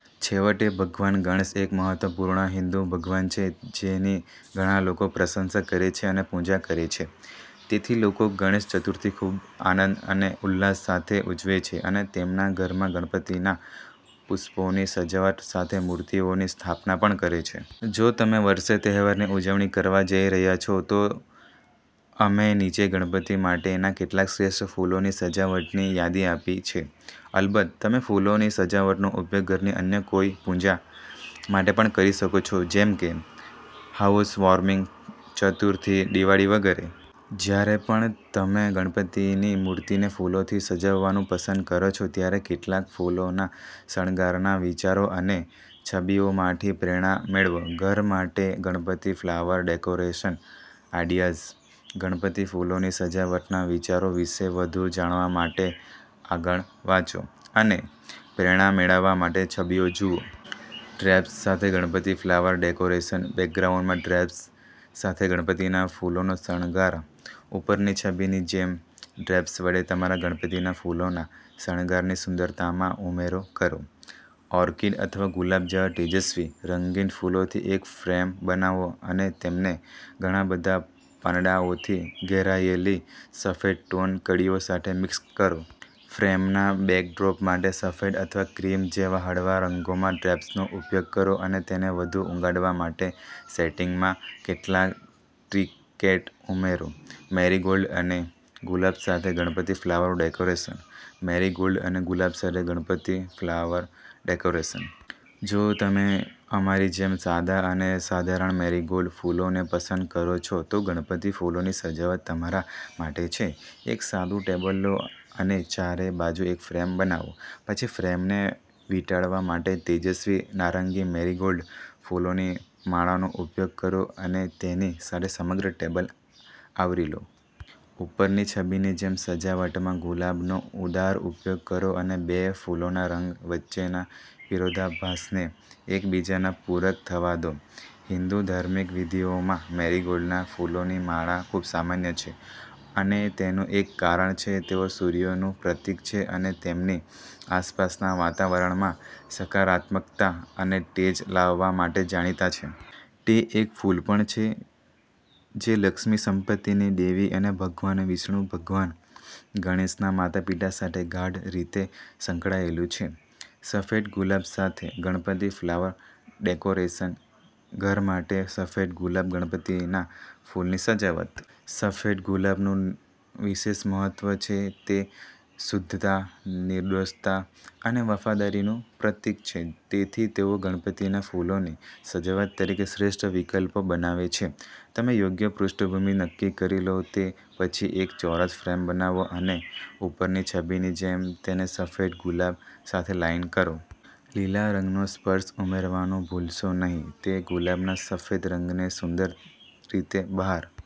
છેવટે, ભગવાન ગણેશ એક મહત્વપૂર્ણ હિંદુ ભગવાન છે જેની ઘણા લોકો પ્રશંસા કરે છે અને પૂજા કરે છે. તેથી લોકો ગણેશ ચતુર્થી ખૂબ આનંદ અને ઉલ્લાસ સાથે ઉજવે છે અને તેમના ઘરમાં ગણપતિના પુષ્પોની સજાવટ સાથે મૂર્તિઓની સ્થાપના પણ કરે છે. જો તમે વર્ષે તહેવારની ઉજવણી કરવા જઈ રહ્યા છો, તો અમે નીચે ગણપતિ માટેના કેટલાક શ્રેષ્ઠ ફૂલોની સજાવટની યાદી આપી છે. અલબત્ત, તમે ફૂલોની સજાવટનો ઉપયોગ ઘરની અન્ય કોઈ પૂજા માટે પણ કરી શકો છો, જેમ કે હાઉસવોર્મિંગ, ચતુર્થી, દિવાળી વગેરે. જ્યારે પણ તમે ગણપતિની મૂર્તિને ફૂલોથી સજાવવાનું પસંદ કરો છો, ત્યારે કેટલાક ફૂલોના શણગારના વિચારો અને છબીઓમાંથી પ્રેરણા મેળવો. ઘર માટે Ganpati flower decoration ideas. Ganpati ફૂલોની સજાવટના વિચારો વિશે વધુ જાણવા માટે આગળ વાંચો, અને પ્રેરણા મેળવવા માટે છબીઓ જુઓ. ડ્રેપ્સ સાથે ગણપતિ ફ્લાવર ડેકોરેશન. બેકગ્રાઉન્ડમાં ડ્રેપ્સ સાથે ગણપતિના ફૂલનો શણગાર. ઉપરની છબીની જેમ ડ્રેપ્સ વડે તમારા ગણપતિના ફૂલોના શણગારની સુંદરતામાં ઉમેરો કરો. ઓર્કિડ અથવા ગુલાબ જેવા તેજસ્વી રંગીન ફૂલોથી એક ફ્રેમ બનાવો અને તેમને ઘણાં બધાં પાંદડાઓથી ઘેરાયેલી સફેદ-ટોન કળીઓ સાથે મિક્સ કરો. ફ્રેમના બેકડ્રોપ માટે, સફેદ અથવા ક્રીમ જેવા હળવા રંગોમાં ડ્રેપ્સનો ઉપયોગ કરો અને તેને વધુ ઉગાડવા માટે સેટિંગમાં કેટલાક ટ્રિંકેટ ઉમેરો. મેરીગોલ્ડ અને ગુલાબ સાથે ગણપતિ ફ્લાવર ડેકોરેશન. મેરીગોલ્ડ અને ગુલાબ સાથે ગણપતિ ફ્લાવર ડેકોરેશન. જો તમે, અમારી જેમ, સાદા અને સાધારણ મેરીગોલ્ડ ફૂલોને પસંદ કરો છો, તો ગણપતિ ફૂલોની સજાવટ તમારા માટે છે. એક સાદું ટેબલ લો અને ચારે બાજુ એક ફ્રેમ બનાવો. પછી ફ્રેમને વીંટાળવા માટે તેજસ્વી નારંગી મેરીગોલ્ડ ફૂલોની માળાનો ઉપયોગ કરો અને તેની સાથે સમગ્ર ટેબલ આવરી લો. ઉપરની છબીની જેમ, સજાવટમાં ગુલાબનો ઉદાર ઉપયોગ કરો અને બે ફૂલોના રંગ વચ્ચેના વિરોધાભાસને એકબીજાના પૂરક થવા દો. હિંદુ ધાર્મિક વિધિઓમાં મેરીગોલ્ડના ફૂલોની માળા ખૂબ સામાન્ય છે, અને તેનું એક કારણ છે. તેઓ સૂર્યનું પ્રતીક છે અને તેમની આસપાસના વાતાવરણમાં સકારાત્મકતા અને તેજ લાવવા માટે જાણીતા છે. તે એક ફૂલ પણ છે જે લક્ષ્મી, સંપત્તિની દેવી અને ભગવાન વિષ્ણુ ભગવાન ગણેશના માતાપિતા સાથે ગાઢ રીતે સંકળાયેલું છે. સફેદ ગુલાબ સાથે ગણપતિ ફ્લાવર ડેકોરેશન. ઘર માટે સફેદ ગુલાબ ગણપતિના ફૂલની સજાવટ. સફેદ ગુલાબનું વિશેષ મહત્વ છે. તે શુદ્ધતા, નિર્દોષતા અને વફાદારીનું પ્રતીક છે. તેથી, તેઓ ગણપતિના ફૂલોની સજાવટ તરીકે શ્રેષ્ઠ વિકલ્પો બનાવે છે. તમે યોગ્ય પૃષ્ઠભૂમિ નક્કી કરી લો તે પછી, એક ચોરસ ફ્રેમ બનાવો અને ઉપરની છબીની જેમ તેને સફેદ ગુલાબ સાથે લાઇન કરો. લીલા રંગનો સ્પર્શ ઉમેરવાનું ભૂલશો નહીં. તે ગુલાબના સફેદ રંગને સુંદર રીતે બહાર